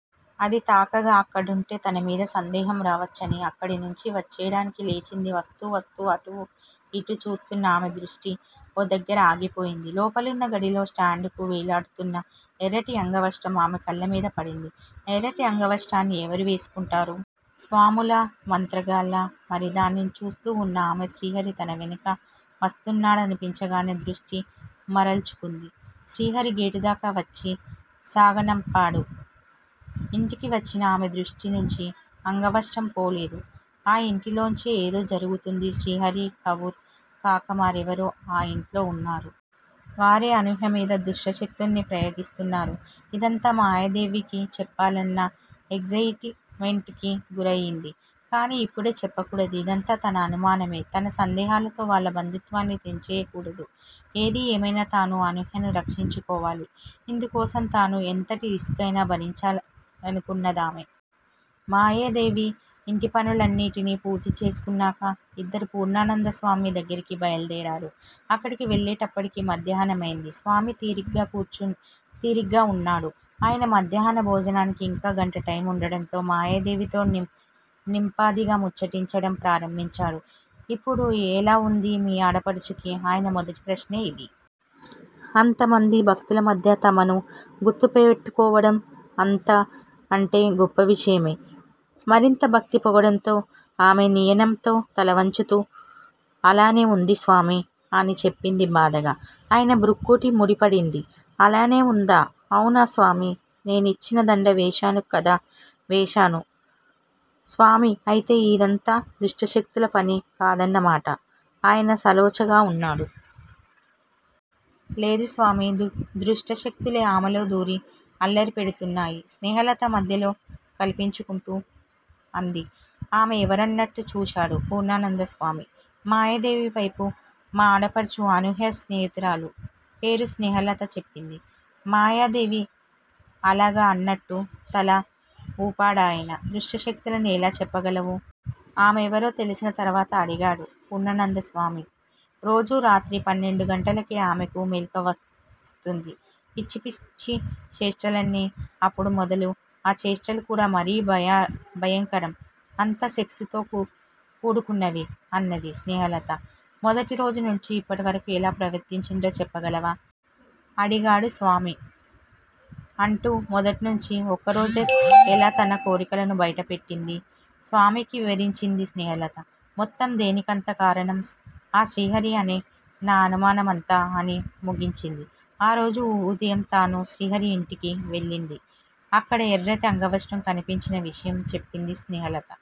అది తాగాక అక్కడుంటే తనమీద సందేహం రావచ్చని అక్కడి నుంచి వచ్చెయ్యడానికి లేచింది. వస్తూ- వస్తూ అటూ- ఇటూ చూస్తున్న ఆమె దృష్టి ఓ దగ్గర ఆగిపోయింది. లోపలున్న గదిలో స్టాండ్ కు వేలాడుతున్న ఎర్రటి అంగవస్త్రం ఆమె కళ్ళ పడింది. ఎర్రటి అంగవస్త్రాన్ని ఎవరు వేసుకుంటారు? స్వాములా? మంత్రగాళ్ళా? మరి దానిని చూస్తూ వున్న ఆమె శ్రీహరి తన వెనుక వస్తున్నాడనిపించగానే దృష్టి మరల్చుకుంది. శ్రీహరి గేటుదాకా వచ్చి సాగనంపాడు. ఇంటికి వచ్చినా ఆమె దృష్టి నుంచి అంగవస్త్రం పోలేదు. ఆ ఇంటిలోంచే ఏదో జరుగుతోంది. శ్రీహరి, కపూర్ కాక మరెవరో ఆ యింట్లో వున్నారు. వారే అనూహ్యమీద దుష్టశక్తుల్ని ప్రయోగిస్తున్నారు. ఇదంతా మాయాదేవికి చెప్పాలన్నంత ఎగ్జయిట్ మెంట్ కి గురయింది. కానీ ఇప్పుడే చెప్పకూడదు. ఇదంతా తన అనుమానమే. తన సందేహాలతో వాళ్ళ బంధుత్వాన్ని తెంచేయకూడదు. ఏది ఏమైనా తను అనూహ్యను రక్షించుకోవాలి. ఇందుకోసం తను ఎంతటి రిస్క్ అయినా భరించాలనుకుందామె. మాయాదేవి ఇంటిపనులన్నిటినీ పూర్తి చేసుకున్నాక ఇద్దరూ పూర్ణానందస్వామి దగ్గరికి బయలుదేరారు. అక్కడికి వెళ్ళేటప్పటికి మాధ్యాహ్నమైంది. స్వామి తీరిగ్గా వున్నాడు. ఆయన మధ్యాహ్న భోజనానికి ఇంకా గంట టైము వుండడంతో మాయాదేవితో నింపాదిగా ముచ్చటించడం ప్రారంభించాడు. ఇప్పుడు ఎలా వుంది మీ ఆడపడుచుకి? ఆయన మొదటి ప్రశ్న అదే. అంతమంది భక్తుల మధ్య తమను గుర్తుపెట్టుకోవడం అంటే గొప్ప విషయమే. మరింత భక్తి పొగడంతో ఆమె వినయంతో తల వొంచుతూ అలానే వుంది స్వామీ అని చెప్పింది బాధగా. ఆయన భృకుటి ముడిపడింది. అలానే వుందా? అవును స్వామీ! నేనిచ్చిన దండ వేశారు కదా! వేశాను స్వామీ అయితే ఇదంతా దుష్టశక్తుల పని కాదన్న మాట ఆయన సాలోచనగా అన్నాడు. లేదు స్వామీ! దుష్టశక్తులే ఆమెలో దూరి అల్లరి పెడుతున్నాయి స్నేహలత మధ్యలో కల్పించుకుంటూ అంది. ఆమె ఎవరు అన్నట్టు చూశాడు పూర్ణానందస్వామి మాయాదేవి వైపు మా ఆడపడుచు అనూహ్య స్నేహితురాలు- పేరు స్నేహలత చెప్పింది మాయాదేవి. అలాగా అన్నట్టు తల వూపాడాయన. దుష్టశక్తులని ఎలా చెప్పగలవు? ఆమెవరో తెలిసిన తరువాత అడిగాడు పూర్ణానందస్వామి. రోజూ రాత్రి పన్నెండుగంటలకే ఆమెకు మెలకువ వస్తుంది. పిచ్చి పిచ్చి చేష్టలన్నీ అప్పుడు మొదలు. ఆ చేష్టలు కూడా మరీ భయంకరం. అంతా సెక్స్ తో కూడుకున్నవే అన్నది స్నేహలత. మొదటి రోజునుంచీ ఇప్పటివరకు ఎలా ప్రవర్తించిందో చెప్పగలవా? అడిగాడు స్వామి. ఆఁ అంటూ మొదట్నుంచీ ఒక్కోరోజు ఎలా తన కోరికను బయటపెట్టిందీ స్వామికి వివరించింది స్నేహలత. మొత్తం దీనికంతా కారణం ఆ శ్రీహరి అనే నా అనుమానమంతా అని ముగించింది. ఆరోజు ఉదయం తను శ్రీహరి ఇంటికి వెళ్ళిందీ, అక్కడి ఎర్రటి అంగవస్త్రం కనిపించిన విషయం చెప్పింది స్నేహలత.